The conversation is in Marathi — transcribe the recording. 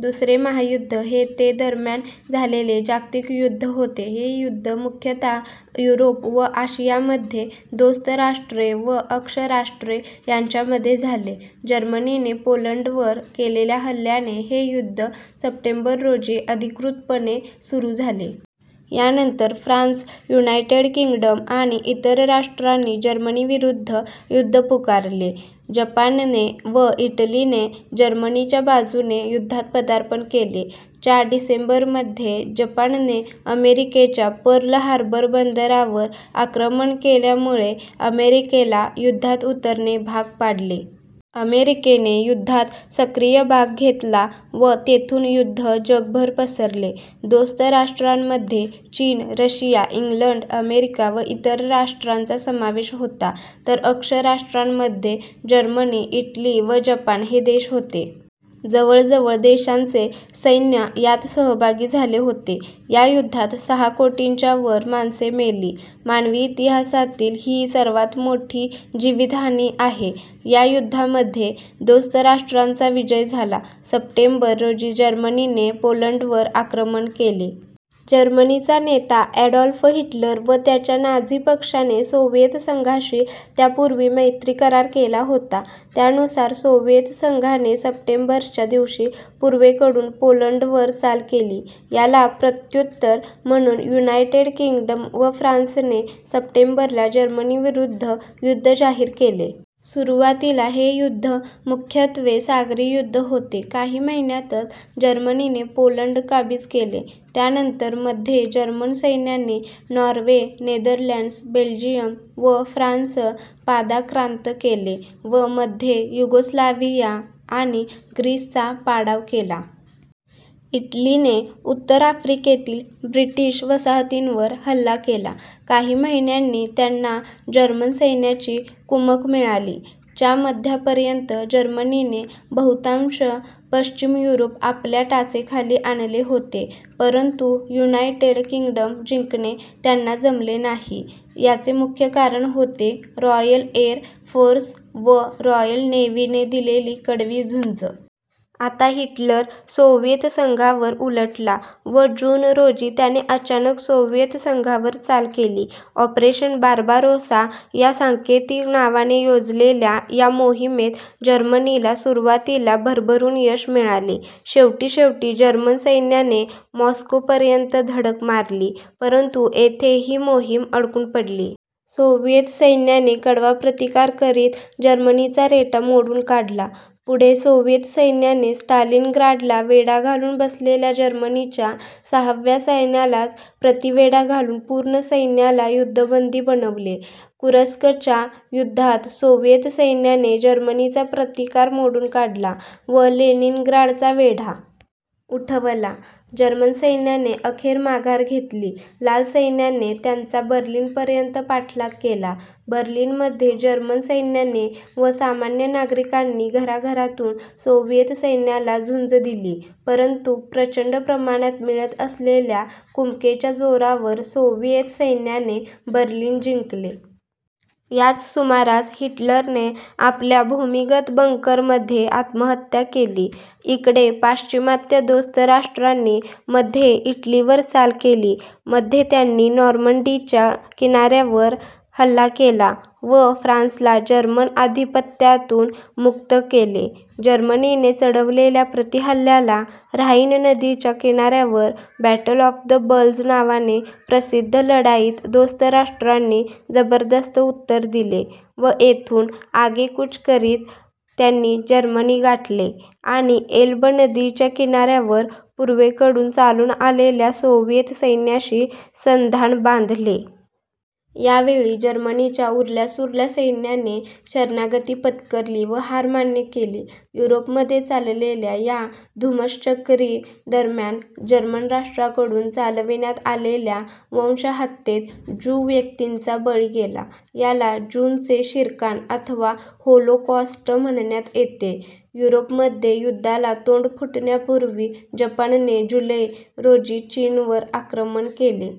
दुसरे महायुद्ध हे ते दरम्यान झालेले जागतिक युद्ध होते. हे युद्ध मुख्यतः युरोप व आशियामध्ये दोस्त राष्ट्रे व अक्ष राष्ट्रे यांच्या मध्ये झाले. जर्मनीने पोलंडवर केलेल्या हल्ल्याने हे युद्ध सप्टेंबर रोजी अधिकृतपणे सुरू झाले. यानंतर फ्रान्स, युनायटेड किंग्डम आणि इतर राष्ट्रांनी जर्मनी विरुद्ध युद्ध पुकारले. जपानने व इटलीने जर्मनीच्या बाजूने युद्धात पदार्पण केले. च्या डिसेंबरमध्ये जपानने अमेरिकेच्या पर्ल हार्बर बंदरावर आक्रमण केल्यामुळे अमेरिकेला युद्धात उतरणे भाग पाडले. अमेरिकेने युद्धात सक्रिय भाग घेतला व तेथून युद्ध जगभर पसरले. दोस्त राष्ट्रांमध्ये चीन, रशिया, इंग्लंड, अमेरिका व इतर राष्ट्रांचा समावेश होता, तर अक्ष राष्ट्रांमध्ये जर्मनी, इटली व जपान हे देश होते. जवळ जवळ देशांचे सैन्य यात सहभागी झाले होते. या युद्धात सहा कोटींच्यावर माणसे मेली. मानवी इतिहासातील ही सर्वांत मोठी जीवितहानी आहे. या युद्धामध्ये दोस्त राष्ट्रांचा विजय झाला. सप्टेंबर, रोजी जर्मनीने पोलंडवर आक्रमण केले. जर्मनीचा नेता ॲडॉल्फ हिटलर व त्याच्या नाझी पक्षाने सोव्हिएत संघाशी त्यापूर्वी मैत्री-करार केला होता. त्यानुसार सोव्हिएत संघाने सप्टेंबर च्या दिवशी पूर्वेकडून पोलंडवर चाल केली. याला प्रत्युत्तर म्हणून युनायटेड किंग्डम व फ्रान्सने सप्टेंबर ला जर्मनीविरुद्ध युद्ध जाहीर केले. सुरुवातीला हे युद्ध मुख्यत्वे सागरी युद्ध होते. काही महिन्यातच जर्मनीने पोलंड काबीज केले. त्यानंतर मध्ये जर्मन सैन्याने नॉर्वे, नेदरलँड्स, बेल्जियम व फ्रान्स पादाक्रांत केले व मध्ये युगोस्लाव्हिया आणि ग्रीसचा पाडाव केला. इटलीने उत्तर आफ्रिकेतील ब्रिटिश वसाहतींवर हल्ला केला. काही महिन्यांनी त्यांना जर्मन सैन्याची कुमक मिळाली. च्या मध्यापर्यंत जर्मनीने बहुतांश पश्चिम युरोप आपल्या टाचेखाली आणले होते परंतु युनायटेड किंग्डम जिंकणे त्यांना जमले नाही. याचे मुख्य कारण होते रॉयल एर फोर्स व रॉयल नेव्हीने दिलेली कडवी झुंज. आता हिटलर सोव्हिएत संघावर उलटला व जून, रोजी त्याने अचानक सोव्हिएत संघावर चाल केली. ऑपरेशन बार्बारोसा या सांकेतिक नावाने योजलेल्या या मोहिमेत जर्मनीला सुरुवातीला भरभरून यश मिळाले. शेवटीशेवटी जर्मन सैन्याने मॉस्कोपर्यंत धडक मारली परंतु येथे ही मोहीम अडकून पडली. सोव्हिएत सैन्याने कडवा प्रतिकार करीत जर्मनीचा रेटा मोडून काढला. पुढे सोव्हिएत सैन्याने स्टालिनग्राडला वेढा घालून बसलेल्या जर्मनीच्या सहाव्या सैन्यालाच प्रतिवेढा घालुन पूर्ण सैन्याला युद्धबंदी बनवले. कुर्स्कच्या युद्धात सोव्हिएत सैन्याने जर्मनीचा प्रतिकार मोडून काढला व लेनिनग्राडचा वेढा. उठवला. जर्मन सैन्याने अखेर माघार घेतली. लाल सैन्याने त्यांचा बर्लिनपर्यंत पाठलाग केला. बर्लिनमध्ये जर्मन सैन्याने व सामान्य नागरिकांनी घराघरातून सोव्हिएत सैन्याला झुंज दिली परंतु प्रचंड प्रमाणात मिळत असलेल्या कुमकेच्या जोरावर सोव्हिएत सैन्याने बर्लिन जिंकले. याच सुमारास हिटलरने आपल्या भूमिगत बंकरमध्ये आत्महत्त्या केली. इकडे पाश्चिमात्य दोस्त राष्ट्रांनी मध्ये इटलीवर चाल केली. मध्ये त्यांनी नॉर्मंडीच्या किनाऱ्यावर हल्ला केला व फ्रान्सला जर्मन आधिपत्यातून मुक्त केले. जर्मनीने चढवलेल्या प्रतिहल्ल्याला ऱ्हाईन नदीच्या किनाऱ्यावर बॅटल ऑफ द बल्ज नावाने प्रसिद्ध लढाईत दोस्त राष्ट्रांनी जबरदस्त उत्तर दिले व येथून आगेकूच करित त्यांनी जर्मनी गाठले आणि एल्ब नदीच्या किनाऱ्यावर पूर्वेकडून चालून आलेल्या सोव्हिएत सैन्याशी संधान बांधले. यावेळी जर्मनीच्या उरल्यासुरल्या सैन्याने शरणागती पत्करली व हार मान्य केली. युरोपमध्ये चाललेल्या या धुमश्चक्री दरम्यान जर्मन राष्ट्राकडून चालविण्यात आलेल्या वंश हत्येत ज्यू व्यक्तींचा बळी गेला. याला ज्यूंचे शिरकाण अथवा होलोकॉस्ट म्हणण्यात येते. युरोपमध्ये युद्धाला तोंड फुटण्यापूर्वी जपानने जुलै, रोजी चीनवर आक्रमण केले.